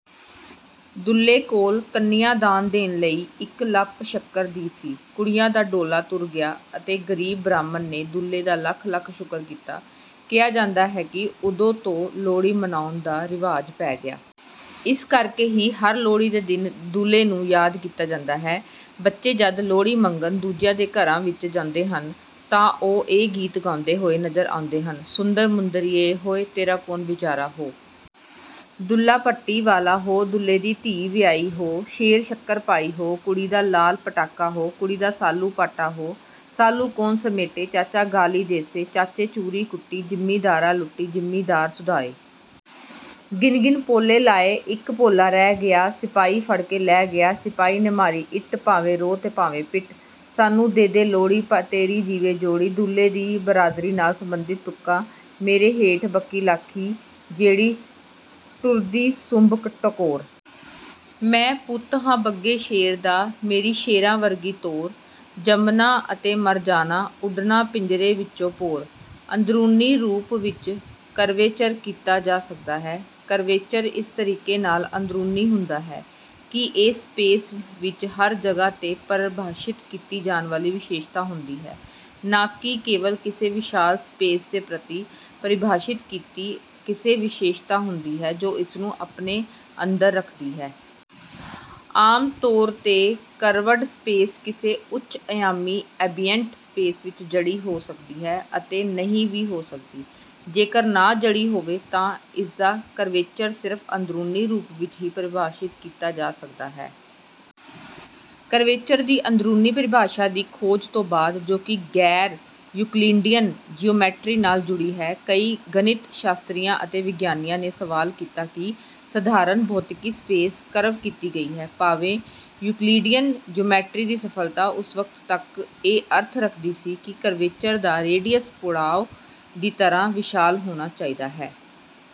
ਦੁੱਲੇ ਕੋਲ ਕੰਨਿਆ-ਦਾਨ ਦੇਣ ਲਈ ਇੱਕ ਲੱਪ ਸ਼ੱਕਰ ਦੀ ਹੀ ਸੀ। ਕੁੜੀਆਂ ਦਾ ਡੋਲਾ ਤੁਰ ਗਿਆ ਅਤੇ ਗ਼ਰੀਬ ਬ੍ਰਾਹਮਣ ਨੇ ਦੁੱਲੇ ਦਾ ਲੱਖ-ਲੱਖ ਸ਼ੁਕਰ ਕੀਤਾ। ਕਿਹਾ ਜਾਂਦਾ ਹੈ ਕਿ ਉਦੋਂ ਤੋਂ ਲੋਹੜੀ ਮਨਾਉਣ ਦਾ ਰਿਵਾਜ਼ ਪੈ ਗਿਆ। ਇਸ ਕਰਕੇ ਹੀ ਹਰ ਲੋਹੜੀ ਦੇ ਦਿਨ ਦੁੱਲੇ ਨੂੰ ਯਾਦ ਕੀਤਾ ਜਾਂਦਾ ਹੈ। ਬੱਚੇ ਜਦ ਲੋਹੜੀ ਮੰਗਣ ਦੂਜਿਆਂ ਦੇ ਘਰਾਂ ਵਿੱਚ ਜਾਂਦੇ ਹਨ ਤਾਂ ਉਹ ਇਹ ਗੀਤ ਗਾਉਂਦੇ ਹੋਏ ਨਜ਼ਰ ਆਉਂਦੇ ਹਨ - ਸੁੰਦਰ ਮੁੰਦਰੀਏ ਹੋਏ, ਤੇਰਾ ਕੌਣ ਵਿਚਾਰਾ ਹੋ। ਦੁੱਲਾ ਭੱਟੀ ਵਾਲਾ ਹੋ, ਦੁੱਲੇ ਧੀ ਵਿਆਹੀ ਹੋ। ਸੇਰ ਸ਼ੱਕਰ ਪਾਈ ਹੋ, ਕੁੜੀ ਦਾ ਲਾਲ ਪਤਾਕਾ ਹੋ। ਕੁੜੀ ਦਾ ਸਾਲੂ ਪਾਟਾ ਹੋ, ਸਾਲੂ ਕੌਣ ਸਮੇਟੇ। ਚਾਚਾ ਗਾਲ਼ੀ ਦੇਸੇ, ਚਾਚੇ ਚੂਰੀ ਕੁੱਟੀ। ਜ਼ਿਮੀਂਦਾਰਾਂ ਲੁੱਟੀ, ਜ਼ਿਮੀਂਦਾਰ ਸੁਧਾਏ। ਗਿਣ-ਗਿਣ ਪੌਲੇ ਲਾਏ, ਇੱਕ ਭੋਲ਼ਾ ਰਹਿ ਗਿਆ। ਸਿਪਾਹੀ ਫੜ ਕੇ ਲੈ ਗਿਆ, ਸਿਪਾਹੀ ਨੇ ਮਾਰੀ ਇੱਟ। ਭਾਵੇਂ ਰੋ 'ਤੇ ਭਾਵੇਂ ਪਿੱਟ, ਸਾਨੂੰ ਦੇ ਦੇ ਲੋਹੜੀ, ਤੇਰੀ ਜੀਵੇ ਜੋੜੀ। ਦੁੱਲੇ ਦੀ ਬਹਾਦਰੀ ਨਾਲ ਸਬੰਧਤ ਤੁਕਾਂ - ਮੇਰੇ ਹੇਠ ਬੱਕੀ ਲਾਖੀ, ਜਿਹੜੀ ਟੁਰਦੀ ਸੁੰਬ ਟਕੋਰ। ਮੈਂ ਪੁੱਤ ਹਾਂ ਬੱਗੇ ਸ਼ੇਰ ਦਾ, ਮੇਰੀ ਸ਼ੇਰਾਂ ਵਰਗੀ ਤੋਰ। ਜੰਮਣਾ ਅਤੇ ਮਰ ਜਾਣਾ, ਉੱਡਣਾ ਪਿੰਜਰੇ ਵਿੱਚੋਂ ਭੌਰ। ਅੰਦਰੂਨੀ ਰੂਪ ਵਿੱਚ ਕਰਵੇਚਰ ਕੀਤਾ ਜਾ ਸਕਦਾ ਹੈ। ਕਰਵੇਚਰ ਇਸ ਤਰੀਕੇ ਨਾਲ ਅੰਦਰੂਨੀ ਹੁੰਦਾ ਹੈ ਕਿ ਇਹ ਸਪੇਸ ਵਿੱਚ ਹਰ ਜਗ੍ਹਾ 'ਤੇ ਪਰਿਭਾਸ਼ਿਤ ਕੀਤੀ ਜਾਣ ਵਾਲੀ ਵਿਸ਼ੇਸ਼ਤਾ ਹੁੰਦੀ ਹੈ, ਨਾ ਕਿ ਕੇਵਲ ਕਿਸੇ ਵਿਸ਼ਾਲ ਸਪੇਸ ਦੇ ਪ੍ਰਤੀ ਪਰਿਭਾਸ਼ਿਤ ਕੀਤੀ ਕਿਸੇ ਵਿਸ਼ੇਸ਼ਤਾ ਹੁੰਦੀ ਹੈ ਜੋ ਇਸਨੂੰ ਆਪਣੇ ਅੰਦਰ ਰੱਖਦੀ ਹੈ। ਆਮ ਤੌਰ 'ਤੇ, ਕਰਵਡ ਸਪੇਸ ਕਿਸੇ ਉੱਚ-ਅਯਾਮੀ ਐਂਬੀਐਂਟ ਸਪੇਸ ਵਿੱਚ ਜੜੀ ਹੋ ਵੀ ਸਕਦੀ ਹੈ ਅਤੇ ਨਹੀਂ ਵੀ ਹੋ ਸਕਦੀ। ਜੇਕਰ ਨਾ ਜੜੀ ਹੋਵੇ ਤਾਂ ਇਸਦਾ ਕਰਵੇਚਰ ਸਿਰਫ ਅੰਦਰੂਨੀ ਰੂਪ ਵਿੱਚ ਹੀ ਪਰਿਭਾਸ਼ਿਤ ਕੀਤਾ ਜਾ ਸਕਦਾ ਹੈ। ਕਰਵੇਚਰ ਦੀ ਅੰਦਰੂਨੀ ਪਰਿਭਾਸ਼ਾ ਦੀ ਖੋਜ ਤੋਂ ਬਾਅਦ, ਜੋ ਕਿ ਗੈਰ-ਯੂਕਲਿਡੀਅਨ ਜੀਓਮੈਟਰੀ ਨਾਲ ਜੁੜੀ ਹੈ, ਕਈ ਗਣਿਤ ਸ਼ਾਸਤਰੀਆਂ ਅਤੇ ਵਿਗਿਆਨੀਆਂ ਨੇ ਸਵਾਲ ਕੀਤਾ ਕਿ ਸਧਾਰਨ ਭੌਤਿਕੀ ਸਪੇਸ ਕਰਵ ਕੀਤੀ ਗਈ ਹੈ, ਭਾਵੇਂ ਯੂਕਲਿਡੀਅਨ ਜੀਓਮੈਟਰੀ ਦੀ ਸਫਲਤਾ ਉਸ ਵਕਤ ਤੱਕ ਇਹ ਅਰਥ ਰੱਖਦੀ ਸੀ ਕਿ ਕਰਵੇਚਰ ਦਾ ਰੇਡੀਅਸ ਪੁਲਾੜ ਦੀ ਤਰ੍ਹਾਂ ਵਿਸ਼ਾਲ ਹੋਣਾ ਚਾਹੀਦਾ ਹੈ।